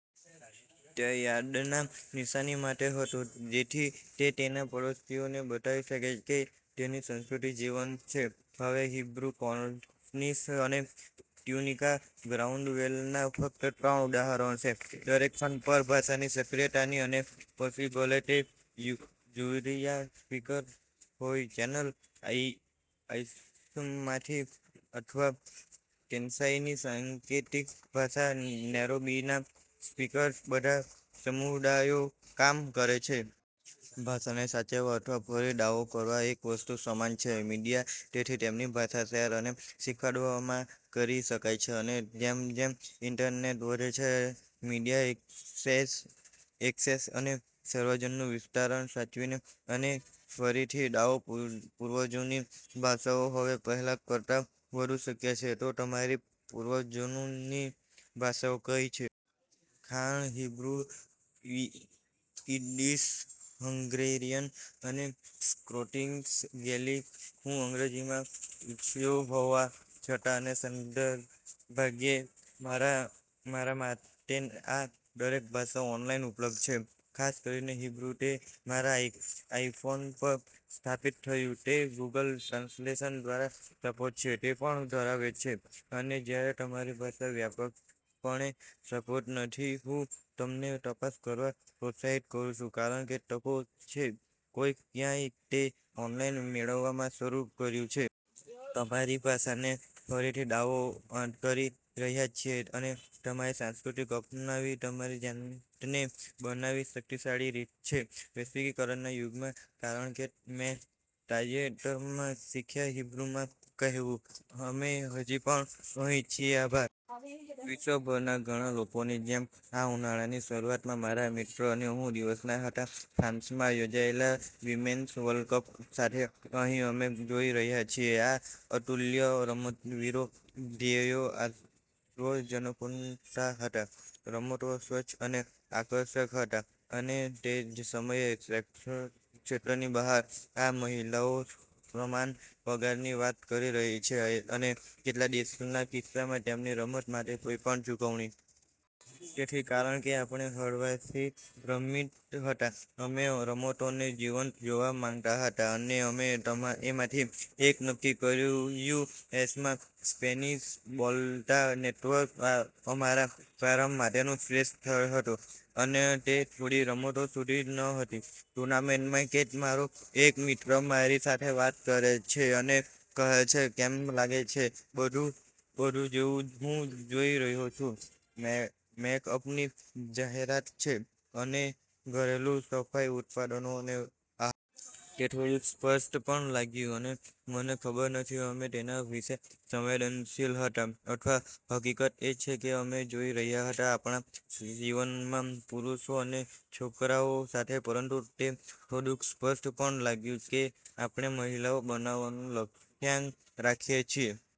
તે યાર્ડના નિશાની માટે હતું, જેથી તે તેના પડોશીઓને બતાવી શકે કે તેની સંસ્કૃતિ જીવંત છે. હવે હીબ્રુ, કોર્નિશ અને ટ્યુનિકા ગ્રાઉન્ડવેલના ફક્ત ત્રણ ઉદાહરણો છે. દરેક ખંડ પર ભાષાની સક્રિયતાની અને પછી ભલે તે જુરીયા સ્પીકર્સ હોય ચેનલ આઈ આઇસમાંથી અથવા કેનસાયની સાંકેતિક ભાષા નૈરોબીના સ્પીકર્સ બધા સમુદાયો કામ કરે છે. ભાષાને સાચવવા અથવા ફરી દાવો કરવા એક વસ્તુ સમાન છે મીડિયા, તેથી તેમની ભાષા શેર અને શીખડવામાં કરી શકાય છે અને જેમ જેમ ઇન્ટરનેટ વધે છે.મીડિયા એક્સેસ ઍક્સેસ અને સર્વજનનું વિસ્તરણ, સાચવીને અને ફરીથી દાવો પૂર્વજોની ભાષાઓ હવે પહેલાં કરતાં વધુ શક્ય છે, તો તમારી પૂર્વજન્મની ભાષાઓ કઈ છે? ખાણ હીબ્રુ, ઈ ઈદ્દિશ, હંગ્રેરિયન અને સ્ક્રોટીન્સ ગેલિક, હું અંગ્રેજીમાં ઉછર્યો હોવા છતાં અને સદભાગ્યે મારા મારા માટેઆ દરેક ભાષાઓ ઓનલાઇન ઉપલબ્ધ છે. ખાસ કરીને હીબ્રુ તે મારા આઈ આઇફોન પર સ્થાપિત થયું, તે ગૂગલ ટ્રાન્સલેશન દ્વારા સપોર્ટે છે, તે પણ ધરાવે છે અને જ્યારે તમારી ભાષા વ્યાપકપણે સપોર્ટે નથી હું તમને તપાસ કરવા પ્રોત્સાહિત કરું છું, કારણ કે તકો છે, કોઈક, ક્યાંય, તે ઓનલાઇન મેળવવામાં શરૂ કર્યું છે. તમારી ભાષાને ફરીથી દાવો કરી રહ્યા છીએ અને તમારી સાંસ્કૃતિક અપનાવી તમારી જાતને બનવાની શક્તિશાળી રીત છે વૈશ્વિકરણના યુગમાં, કારણ કે મેં તાજેતરમાં શીખ્યા હીબ્રુ માં કહેવું, અમે હજી પણ અહીં છીએ. આભાર. વિશ્વભરના ઘણા લોકોની જેમ, આ ઉનાળાની શરૂઆતમાં મારા મિત્રો અને હું દિવસ ના હતા ફ્રાન્સમાં યોજાયેલા વિમેન્સ વર્લ્ડ કપ સાથે. અહીં અમે જોઈ રહ્યા છીએ આ અતુલ્ય રમતવીરો, ધ્યેયો આશ્ચજનક હતા, રમતો સ્વચ્છ અને આકર્ષક હતા, અને તે જ સમયે, ક્ષેત્રની બહાર, આ મહિલાઓ સમાન પગારની વાત કરી રહી છે, અને કેટલાક દેશોના કિસ્સામાં, તેમની રમત માટે કોઈપણ ચૂકવણી. તેથી, કારણ કે આપણે હળવાશથી ભ્રમિત હતા, અમે રમતોને જીવંત જોવા માંગતા હતા, અને અમે તમે એમાંથી એક નક્કી કર્યું યુ. એસ. માં સ્પેનિશ બોલતા નેટવર્ક અમારા પ્રારંભ માટેનું શ્રેષ્ઠ સ્થળ હતું. અને તે થોડી રમતો સુધી ન હતી ટૂર્નામેન્ટમાં કે મારો એક મિત્ર મારી સાથે વાત કરે છે અને કહે છે, "કેમ લાગે છે બધું બધું જેવું હું જોઈ રહ્યો છું મેકઅપની જાહેરાત છે અને ઘરેલું સફાઈ ઉત્પાદનો અને આ? " સ્પષ્ટ પણ લાગ્યું, અને મને ખબર નથી અમે તેના વિશે સંવેદનશીલ હતા અથવા હકીકત એ છે કે અમે જોઈ રહ્યા હતા આપણા જીવનમાં પુરુષો અને છોકરાઓ સાથે, પરંતુ તે થોડુંક સ્પષ્ટ પણ લાગ્યું કે આપણે મહિલાઓ બનવાનું લક્ષ્યાંક રાખીએ છીએ.